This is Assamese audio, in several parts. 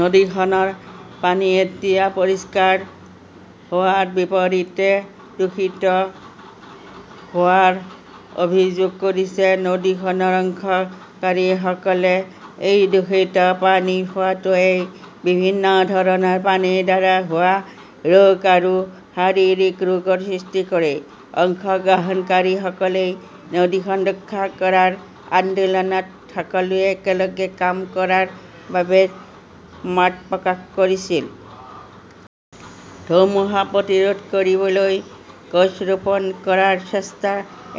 নদীখনৰ পানী এতিয়া পৰিষ্কাৰ হোৱাৰ বিপৰীতে দূষিত হোৱাৰ অভিযোগ কৰিছে নদীখনৰ অংশগ্ৰহণকাৰীসকলে। এই দূষিত পানী খোৱাটোৱে বিভিন্ন ধৰণৰ পানীৰ দ্বাৰা হোৱা ৰোগ আৰু শাৰীৰিক ৰোগৰ সৃষ্টি কৰে। অংশগ্ৰহণকাৰীসকলে নদীখন ৰক্ষা কৰাৰ আন্দোলনত সকলোৱে একেলগে কাম কৰাৰ বাবে মত প্ৰকাশ কৰিছিল। ধুমুহা প্ৰতিৰোধ কৰিবলৈ গছ ৰোপণ কৰাৰ প্ৰচেষ্টা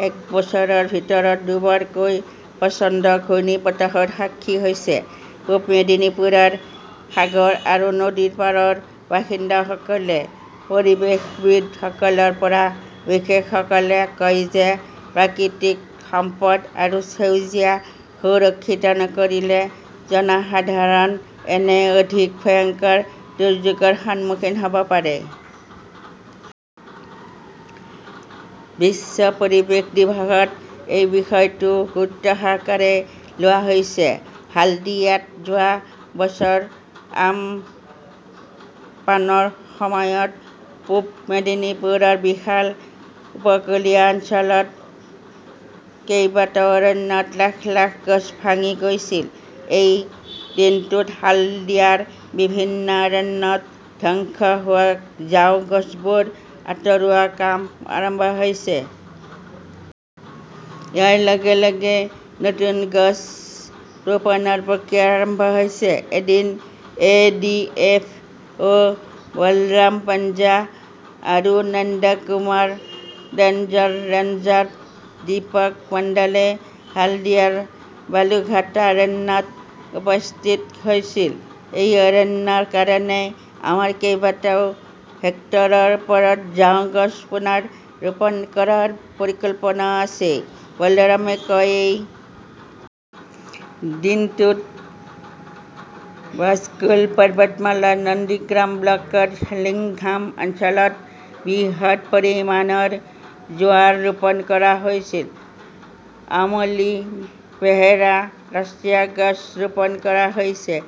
এক বছৰৰ ভিতৰত দুবাৰকৈ প্ৰচণ্ড ঘূৰ্ণীবতাহৰ সাক্ষী হৈছে পূব মেদিনীপুৰৰ সাগৰ আৰু নদীৰ পাৰৰ বাসিন্দাসকলে। পৰিৱেশবিদসকলৰ পৰা বিশেষজ্ঞসকলে কয় যে প্ৰাকৃতিক সম্পদ আৰু সেউজীয়া সুৰক্ষিত নকৰিলে জনসাধাৰণ এনে অধিক ভয়ংকৰ দুৰ্যোগৰ সন্মুখীন হ'ব পাৰে। বিশ্ব পৰিৱেশ দিৱসত এই বিষয়টো গুৰুত্বসহকাৰে লোৱা হৈছে। হালডিয়াত যোৱা বছৰ আমপানৰ সময়ত পূব মেদিনীপুৰৰ বিশাল উপকূলীয় অঞ্চলত কেইবাটাও অৰণ্যত লাখ লাখ গছ ভাঙি গৈছিল। এই দিনটোত হালদিয়াৰ বিভিন্ন অৰণ্যত ধ্বংস হোৱা ঝাও গছবোৰ আতৰোৱাৰ কাম আৰম্ভ হৈছে। ইয়াৰ লগে - লগে নতুন গছ ৰোপণৰ প্ৰক্ৰিয়া আৰম্ভ হৈছে। এদিন A. D. F. O. Balaram Panja আৰু নন্দকুমাৰ ৰেঞ্জৰ ৰেঞ্জাৰ দীপক মণ্ডলে হালদিয়াৰ বালুঘাটা অৰণ্যত উপস্থিত হৈছিল। এই অৰণ্যৰ কাৰণে আমাৰ কেইবাটাও হেক্টৰৰ ওপৰত ঝাও গছ পুনৰ ৰোপণ কৰাৰ পৰিকল্পনা আছে, বলৰামে কয়। এই দিনটোত বাজকুল পৰ্বতমালাৰ নন্দীগ্ৰাম ব্লকৰ জেলিংহাম অঞ্চলত বৃহৎ পৰিমাণৰ জোৱাৰ ৰোপণ কৰা হৈছিল। আমলী, বেহেৰা ৰাষ্ট্ৰীয় গছ ৰোপণ কৰা হৈছে।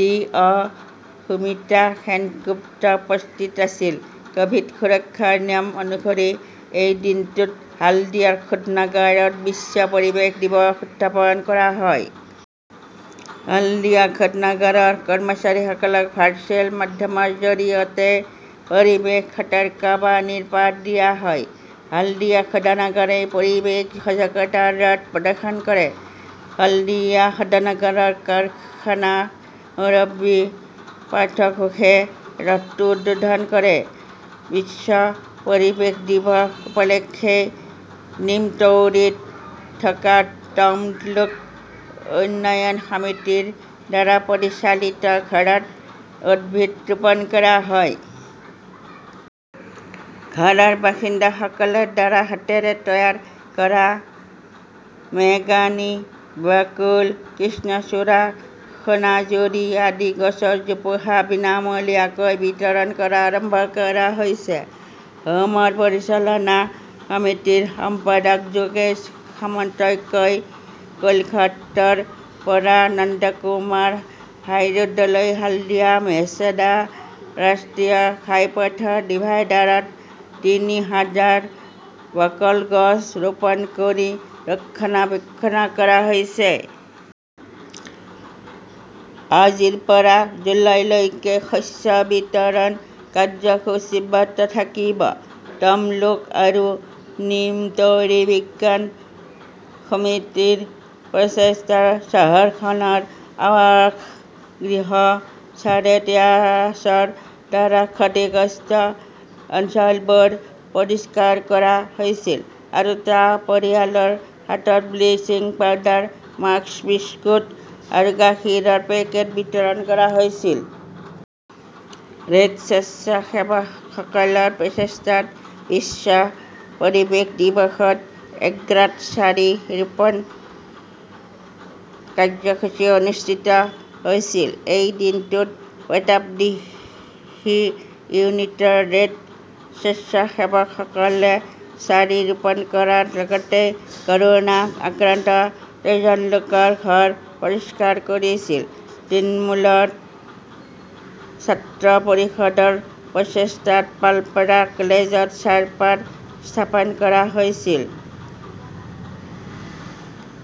ডি. অ.সুমিতা সেনগুপ্ত উপস্থিত আছিল। কভিড সুৰক্ষা নিয়ম অনুসৰি এই দিনটোত হালদিয়া শোধনাগাৰত বিশ্ব পৰিৱেশ দিৱস উদযাপন কৰা হয়। হালদিয়া শোধনাগাৰৰ কৰ্মচাৰীসকলক ভাৰ্চুৱেল মাধ্যমৰ জৰিয়তে পৰিৱেশ সতৰ্কবাণীৰ পাঠ দিয়া হয়। হালদিয়া শোধনাগাৰে পৰিৱেশ সজাগতাৰ ৰথ প্ৰদৰ্শন কৰে। হলদিয়া শোধনাগাৰৰ কাৰখানাৰ মুৰব্বী পাৰ্থ ঘোষে ৰথটো উদ্বোধন কৰে। বিশ্ব পৰিৱেশ দিৱস উপলক্ষে নিমতৌৰীত থকা তমলুক উন্নয়ন সমিতিৰ দ্বাৰা পৰিচালিত ঘৰত উদ্ভিদ ৰোপণ কৰা হয়। ঘৰৰ বাসিন্দাসকলৰ দ্বাৰা হাতেৰে তৈয়াৰ কৰা মেহগনি, বাকুল, কৃষ্ণচুৰা, সোনাঝুৰি আদি গছৰ জোপোহা বিনামূলীয়াকৈ বিতৰণ কৰা আৰম্ভ কৰা হৈছে। হোমৰ পৰিচালনা সমিতিৰ সম্পাদক যোগেশ সামন্তই কয়, কোলঘাটৰ পৰা নন্দকুমাৰ হাইৰোডলৈ হালদিয়া মেচেদা ৰাষ্ট্ৰীয় ঘাইপথৰ ডিভাইডাৰত তিনি হাজাৰ বাকল গছ ৰোপণ কৰি ৰক্ষণাবেক্ষণ কৰা হৈছে। আজিৰ পৰা জুলাইলৈকে শস্য বিতৰণ কাৰ্যসূচী অব্যাহত থাকিব। তমলুক আৰু নিমতৌৰী বিজ্ঞান সমিতিৰ প্ৰচেষ্টাত চহৰখনৰ আৱাসগৃহ চাৰেত ইয়াছৰ দ্বাৰা ক্ষতিগ্ৰস্ত অঞ্চলবোৰ পৰিষ্কাৰ কৰা হৈছিল আৰু টা পৰিয়ালৰ হাতত ব্লিচিং পাউডাৰ, মাস্ক, বিস্কুট আৰু গাখীৰৰ পেকেট বিতৰণ কৰা হৈছিল। ৰেড স্বেচ্ছাসেৱকসকলৰ প্ৰচেষ্টাত বিশ্ব পৰিৱেশ দিৱসত এগ্ৰাত চাৰি ৰোপণ কাৰ্যসূচী অনুষ্ঠিত হৈছিল। এই দিনটোত প্ৰতাপদিঘি ইউনিটৰ ৰেড স্বেচ্ছাসেৱকসকলে চাৰি ৰোপণ কৰাৰ লগতে কৰোনা আক্ৰান্ত দুজন লোকৰ ঘৰ পৰিষ্কাৰ কৰিছিল। তৃণমূল ছাত্ৰ পৰিষদৰ প্ৰচেষ্টাত পালপাৰা কলেজত চাৰপাৰ স্থাপন কৰা হৈছিল।